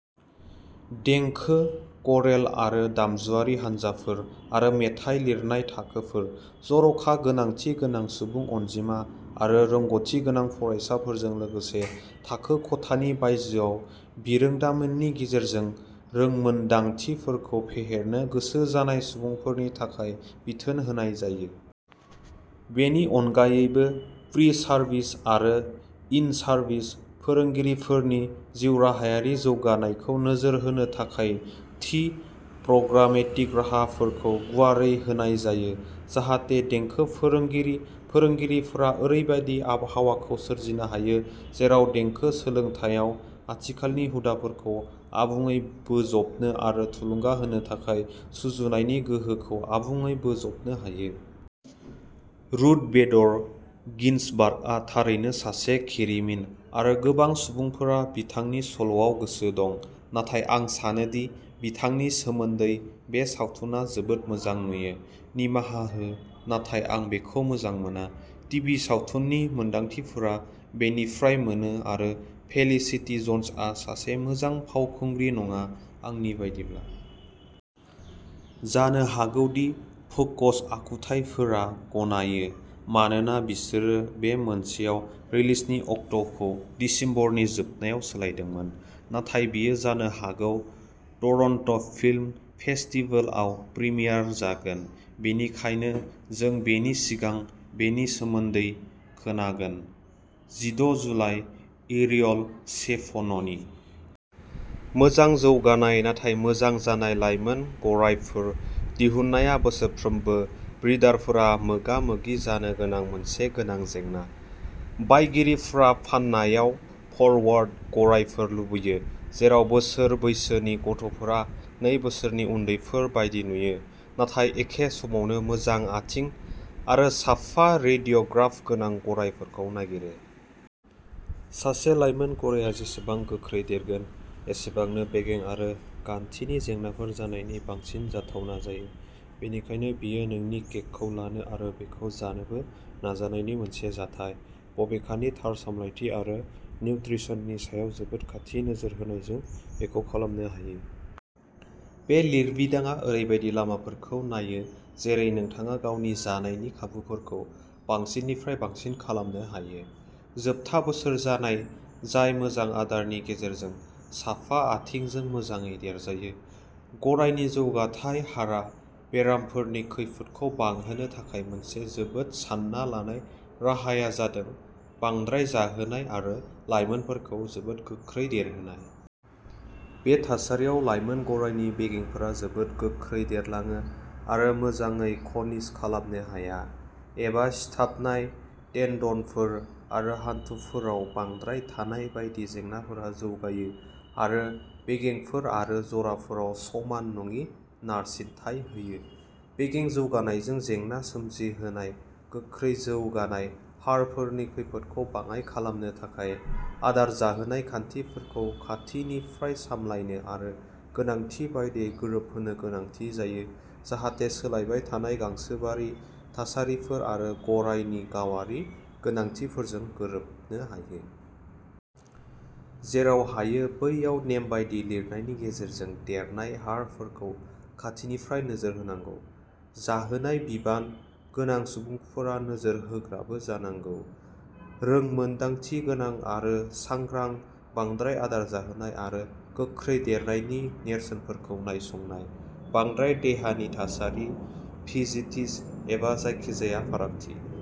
देंखो, क'रेल आरो दामजुआरि हानजाफोर, आरो मेथाइ लिरनाय थाखोफोर। जर'खा गोनांथि गोनां सुबुं अनजिमा आरो रोंग'थि गोनां फरायसाफोरजों लोगोसे थाखो खथानि बायजोआव बिरोंदामिननि गेजेरजों रोंमोनदांथिफोरखौ फेहेरनो गोसो जानाय सुबुंफोरनि थाखाय बिथोन होनाय जायो। बेनि अनगायैबो, प्रि-सार्भिस आरो इन-सार्भिस फोरोंगिरिफोरनि जिउराहायारि जौगानायखौ नोजोर होनो थाखाय थि प्रग्रामेटिक राहाफोरखौ गुवारै होनाय जायो जाहाथे देंखो फोरोंगिरि-फोरोंगिरिफोरा ओरैबायदि आबहावाखौ सोरजिनो हायो जेराव देंखो सोलोंथायाव आथिखालनि हुदाफोरखौ आबुंयै बोजबनो आरो थुलुंगा होनो थाखाय सुजुनायनि गोहोखौ आबुङै बोजबनो हायो। रुथ बेडर गिन्सबार्गआ थारैनो सासे खिरिमिन, आरो गोबां सुबुंफोरा बिथांनि सल'आव गोसो दं, नाथाय आं सानो दि बिथांनि सोमोन्दै बे सावथुना जोबोद मोजां नुयो। निमाहा हो, नाथाय आं बेखौ मोजां मोना, टिभि सावथुननि मोनदांथिफोरा बेनिफ्राय मोनो आरो फेलिसिटी जन्सआ सासे मोजां फावखुंग्रि नङा, आंनि बायदिब्ला। जानो हागौ दि फोकस आखुथायफोरा गनायो, मानोना बिसोरो बे मोनसेयाव रिलिजनि अक्ट'खौ दिसेम्बरनि जोबनायाव सोलायदोंमोन, नाथाय बेयो जानो हागौ टरन्ट'फिल्म फेस्टिभेलआव प्रीमियार जागोन, बेनिखायनो जों बेनि सिगां बेनि सोमोन्दै खोनागोन। जिद' जुलाइ, एरियल शेभ'ननि। मोजां जौगानाय नाथाय मोजां जानाय लायमोन गरायफोर दिहुननाया बोसोरफ्रोमबो ब्रिडारफोरा मोगा-मोगि जानो गोनां मोनसे गोनां जेंना। बायगिरिफोरा फान्नायाव फरवार्ड गरायफोर लुबैयो, जेराव बोसोर बैसोनि गथ'फोरा नै बोसोरनि उन्दैफोर बायदि नुयो नाथाय एखे समावनो मोजां आथिं आरो साफा रेडिय'ग्राफ गोनां गरायफोरखौ नागिरो। सासे लायमोन गरायआ जेसेबां गोख्रै देरगोन, एसेबांनो बेगें आरो गान्थिनि जेंनाफोर जानायनि बांसिन जाथावना जायो, बेनिखायनो बेयो नोंनि केकखौ लानो आरो बेखौ जानोबो नाजानायनि मोनसे जाथाय। बबेखानि, थार सामलायथि आरो निउत्रिसननि सायाव जोबोद खाथि नोजोर होनायजों बेखौ खालामनो हायो। बे लिरबिदांआ ओरैबायदि लामाफोरखौ नायो जेरै नोंथाङा गावनि जानायनि खाबुफोरखौ बांसिननिफ्राय बांसिन खालामनो हायो। जोबथा बोसोर जानाय जाय मोजां आदारनि गेजेरजों साफा आथिंजों मोजाङै देरजायो। गरायनि जौगाथाय हारा बेरामफोरनि खैफोदखौ बांहोनो थाखाय मोनसे जोबोद सान्ना लानाय राहाया जादों बांद्राय जाहोनाय आरो लाइमोनफोरखौ जोबोद गोख्रै देरहोनाय। बे थासारियाव लाइमोन गरायनि बेगेंफोरा जोबोद गोख्रै देरलाङो आरो मोजाङै खनिज खालामनो हाया, एबा सिथाबनाय टेन्डनफोर आरो हान्थुफोराव बांद्राय थानाय बायदि जेंनाफोरा जौगायो आरो बेगेंफोर आरो जराफोराव समान नङि नारसिनथाय होयो। बेगें जौगानायजों जेंना सोमजिहोनाय गोख्रै जौगानाय हारफोरनि खैफोदखौ बाङाइ खालामनो थाखाय, आदार जाहोनाय खान्थिफोरखौ खाथिनिफ्राय सामलायनो आरो गोनांथि बायदियै गोरोबहोनो गोनांथि जायो जाहाथे सोलायबाय थानाय गांसोबारि थासारिफोर आरो गरायनि गावारि गोनांथिफोरजों गोरोबनो हायो। जेराव हायो बैयाव नेमबादि लिरनायनि गेजेरजों देरनाय हारफोरखौ खाथिनिफ्राय नोजोर होनांगौ। जाहोनाय बिबान गोनां सुबुंफोरा नोजोर होग्राबो जानांगौ, रोंमोनदांथि गोनां आरो सांग्रा, बांद्राय आदार जाहोनाय आरो गोख्रै देरनायनि नेरसोनफोरखौ नायसंनाय, बांद्राय देहानि थासारि, फिजिटिस एबा जायखिजाया फारागथि।